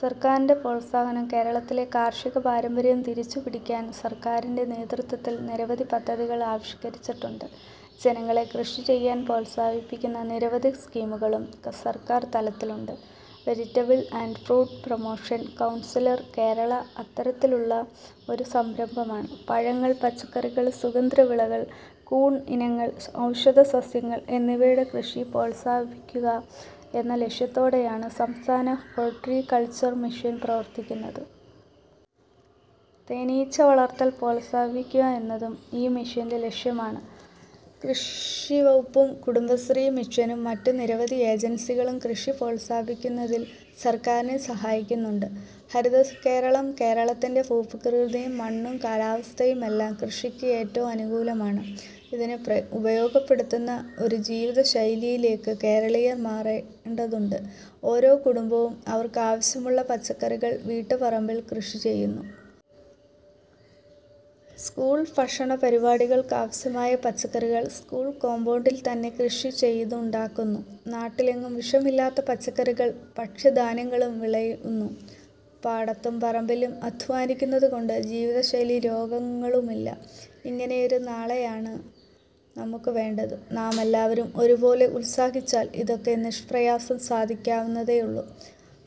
സർക്കാരിന്റെ പ്രോത്സാഹനം കേരളത്തിന്റെ കാർഷിക പാരമ്പര്യം തിരിച്ചു പിടിക്കാൻ സർക്കാരിന്റെ നേതൃത്വത്തിൽ നിരവധി പദ്ധതികൾ ആവിഷ്കരിച്ചിട്ടുണ്ട്. ജനങ്ങളെ കൃഷി ചെയ്യാൻ പ്രോത്സാഹിപ്പിക്കുന്ന നിരവധി സ്കീമുകളും സർക്കാർ തലത്തിലുണ്ട്. Vegetable and fruit promotion council Kerala, അത്തരത്തിലുള്ള ഒരു സംരംഭമാണ്. പഴങ്ങൾ, പച്ചക്കറികൾ, സുഗന്ധ വിളകൾ, കൂൺ ഇനങ്ങൾ, ഔഷധ സസ്യങ്ങൾ എന്നിവയുടെ കൃഷി പ്രോത്സാഹിപ്പിക്കുക എന്ന ലക്ഷ്യത്തോടെയാണ് സംസ്ഥാന ഹോൾട്ടി കൾച്ചർ മിഷൻ പ്രവർത്തിക്കുന്നത്. തേനീച്ച വളർത്തൽ പ്രോത്സാഹിപ്പിക്കുക എന്നതും ഈ മിഷന്റെ ലക്ഷ്യമാണ്. കൃഷിവകുപ്പും കുടുംബശ്രീ മിഷനും മറ്റു നിരവധി ഏജൻസികളും കൃഷി പ്രോത്സാഹിപ്പിക്കുന്നതിൽ സർക്കാരിനെ സഹായിക്കുന്നുണ്ട്. ഹരിതകേരളം കേരളത്തിന്റെ ഭൂപ്രകൃതിയും മണ്ണും കാലാവസ്ഥയുമെല്ലാം കൃഷിക്ക് ഏറ്റവും അനുകൂലമാണ്. ഇതിനെ ഉപയോഗപ്പെടുത്തുന്ന ഒരു ജീവിത ശൈലിയിലേക്ക് കേരളീയർ മാറേണ്ടതുണ്ട്. ഓരോ കുടുംബവും അവർക്കാവശ്യമുള്ള പച്ചക്കറികൾ വീട്ടുപറമ്പിൽ കൃഷി ചെയ്യുന്നു. സ്കൂൾ ഉച്ചഭക്ഷണ പരിപാടിക്കാവശ്യമായ പച്ചക്കറികൾ സ്കൂൾ കോമ്പൗണ്ടിൽത്തന്നെ കൃഷി ചെയ്തുണ്ടാക്കുന്നു. നാട്ടിലെങ്ങും വിഷമില്ലാത്ത പച്ചക്കറികളും ഭക്ഷ്യധാന്യങ്ങളും വിളയുന്നു. പാടത്തും പറമ്പിലും അദ്ധ്വാനിക്കുന്നതുകൊണ്ട് ജീവിതശൈലീ രോഗങ്ങളുമില്ല. ഇങ്ങനെയൊരു നാളെയാണ് നമുക്കു വേണ്ടത്. നാമെല്ലാവരും ഒരു പോലെ ഉത്സാഹിച്ചാൽ ഇതൊക്കെ നിഷ്പ്രയാസം സാധിക്കാവുന്നതേയുള്ളൂ.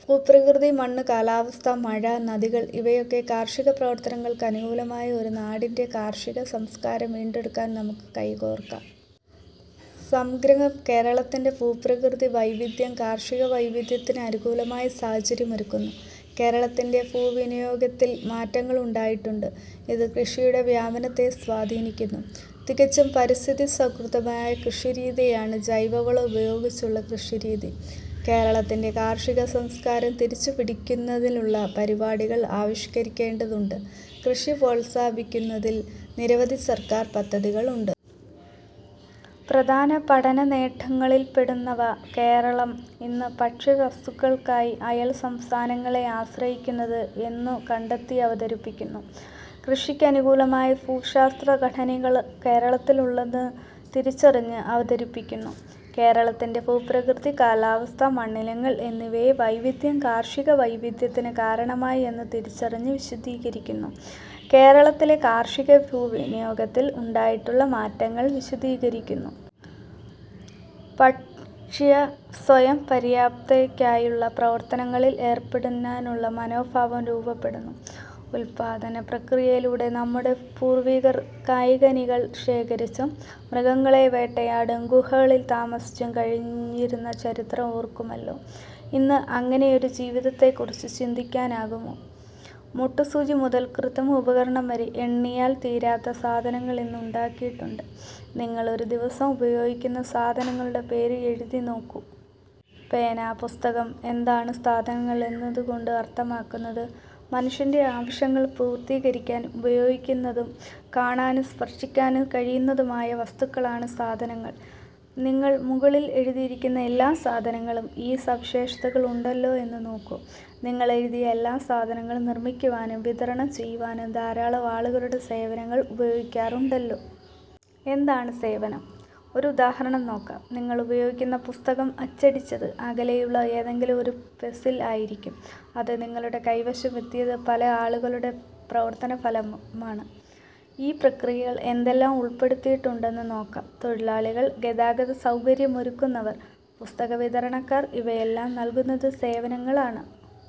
ഭൂപ്രകൃതി, മണ്ണ്, കാലാവസ്ഥ, മഴ, നദികൾ ഇവയൊക്കെ കാർഷികപ്രവർത്തനങ്ങൾക്ക് അനുകൂലമായ നമ്മുടെ നാടിന്റെ കാർഷിക സംസ്കാരം വീണ്ടെടുക്കാൻ നമുക്ക് കൈകോർക്കാം. സംഗ്രഹം കേരളത്തിന്റെ ഭൂപ്രകൃതി വൈവിധ്യം കാർഷികവൈവിധ്യത്തിന് അനുകൂല സാഹചര്യം ഒരുക്കുന്നു. കേരളത്തിന്റെ ഭൂവിനിയോഗത്തിൽ മാറ്റങ്ങൾ ഉണ്ടായിട്ടുണ്ട്. ഇത് കൃഷിയുടെ വ്യാപനത്തെ സ്വാധീനിക്കുന്നു. തികച്ചും പരിസ്ഥിതി സൗഹൃദപരമായ കൃഷിരീതിയാണ് ജൈവവളം ഉപയോഗിച്ചുള്ള കൃഷിരീതി. കേരളത്തിന്റെ കാർഷിക സംസ്കാരം തിരിച്ചുപിടിക്കുന്നതിനായുള്ള പരിപാടികൾ ആവിഷ്കരിക്കേണ്ടതുണ്ട്. കൃഷി പ്രോത്സാഹിപ്പിക്കുന്നതിനായി നിരവധി സർക്കാർ പദ്ധതികൾ ഉണ്ട്. പ്രധാന പഠനനേട്ടങ്ങളിൽപ്പെടുന്നവ കേരളം ഇന്ന് ഭക്ഷ്യവസ്തുക്കൾക്കായി അയൽ സംസ്ഥാനങ്ങളെയാണ് ആശ്രയിക്കുന്നത് എന്നു കണ്ടെത്തി അവതരിപ്പിക്കുന്നു. കൃഷിക്കനുകൂലമായ ഭൂമിശാസ്ത്ര ഘടകങ്ങളാണ് കേരളത്തിലുള്ളതെന്ന് തിരിച്ചറിഞ്ഞ് അവതരിപ്പിക്കുന്നു. കേരളത്തിലെ ഭൂപ്രകൃതി, കാലാവസ്ഥ, മണ്ണിനങ്ങൾ എന്നിവയിലെ വൈവിധ്യം കാർഷിക വൈവിധ്യത്തിന് കാരണമായി എന്നു തിരിച്ചറിഞ്ഞ് വിശദീകരിക്കുന്നു. കേരളത്തിലെ കാർഷിക ഭൂവിനിയോഗത്തിൽ ഉണ്ടായിട്ടുള്ള മാറ്റങ്ങൾ വിശദീകരിക്കുന്നു. ഭക്ഷ്യസ്വയംപര്യാപ്തതയ്ക്കായുള്ള പ്രവർത്തനങ്ങളിൽ ഏർപ്പെടാനുള്ള മനോഭാവം രൂപപ്പെടുന്നു. ഉല്പാദനപ്രക്രിയയിലൂടെ നമ്മുടെ പൂർവികർ കായ്കനികൾ ശേഖരിച്ചും മൃഗങ്ങളെ വേട്ടയാടിയും ഗുഹകളിൽ താമസിച്ചും കഴിഞ്ഞിരുന്ന ചരിത്രം ഓർക്കുമല്ലോ. ഇന്ന് അങ്ങനെ ഒരു ജീവിതത്തെക്കുറിച്ച് ചിന്തിക്കാനാകുമോ? മൊട്ട് സൂചി മുതൽ കൃത്രിമോപഗ്രഹം വരെ എണ്ണിയാൽ തീരാത്തത സാധനങ്ങൾ ഇന്ന് ഉണ്ടാക്കുന്നുണ്ട്. നിങ്ങൾ ഒരു ദിവസം ഉപയോഗിക്കുന്ന സാധനങ്ങളുടെ പേര് എഴുതിനോക്കൂ. പേന, പുസ്തകം. എന്താണ് സാധനങ്ങൾ എന്നതുകൊണ്ട് അർത്ഥമാക്കുന്നത്? മനുഷ്യന്റെ ആവശ്യങ്ങൾ പൂർത്തീകരിക്കാൻ ഉപയോഗിക്കാവുന്നതും കാണാനും സ്പർശിക്കാനും കഴിയുന്നതുമായ വസ്തുക്കളാണ് സാധനങ്ങൾ. നിങ്ങൾ മുകളിൽ എഴുതിയ എല്ലാ സാധനങ്ങൾക്കും ഈ സവിശേഷതകൾ ഉണ്ടോ എന്ന് നോക്കൂ. നിങ്ങൾ എഴുതിയ എല്ലാ സാധനങ്ങളും നിർമിക്കുവാനും വിതരണം ചെയ്യുവാനും ധാരാളം ആളുകളുടെ സേവനങ്ങൾ ഉപയോഗിക്കാറുണ്ടല്ലോ. എന്താണ് സേവനം? ഒരു ഉദാഹരണം നോക്കാം. നിങ്ങൾ ഉപയോഗിക്കുന്ന പുസ്തകം അച്ചടിച്ചത് അകലെയുള്ള ഏതെങ്കിലും ഒരു പ്രസിൽ ആയിരിക്കും. അത് നിങ്ങളുടെ കൈവശം എത്തിയത് പല ആളുകളുടെയും പ്രവർത്തനഫലമായാണ്. ഈ പ്രക്രിയയിൽ എന്തെല്ലാം ഉൾപ്പെട്ടിട്ടുണ്ടെന്ന് നോക്കാം. തൊഴിലാളികൾ ഗതാഗതസൗകര്യമൊരുക്കുന്നവർ പുസ്തക വിതരണക്കാർ. ഇവരെല്ലാം നൽകുന്നത് സേവനങ്ങൾ ആണ്.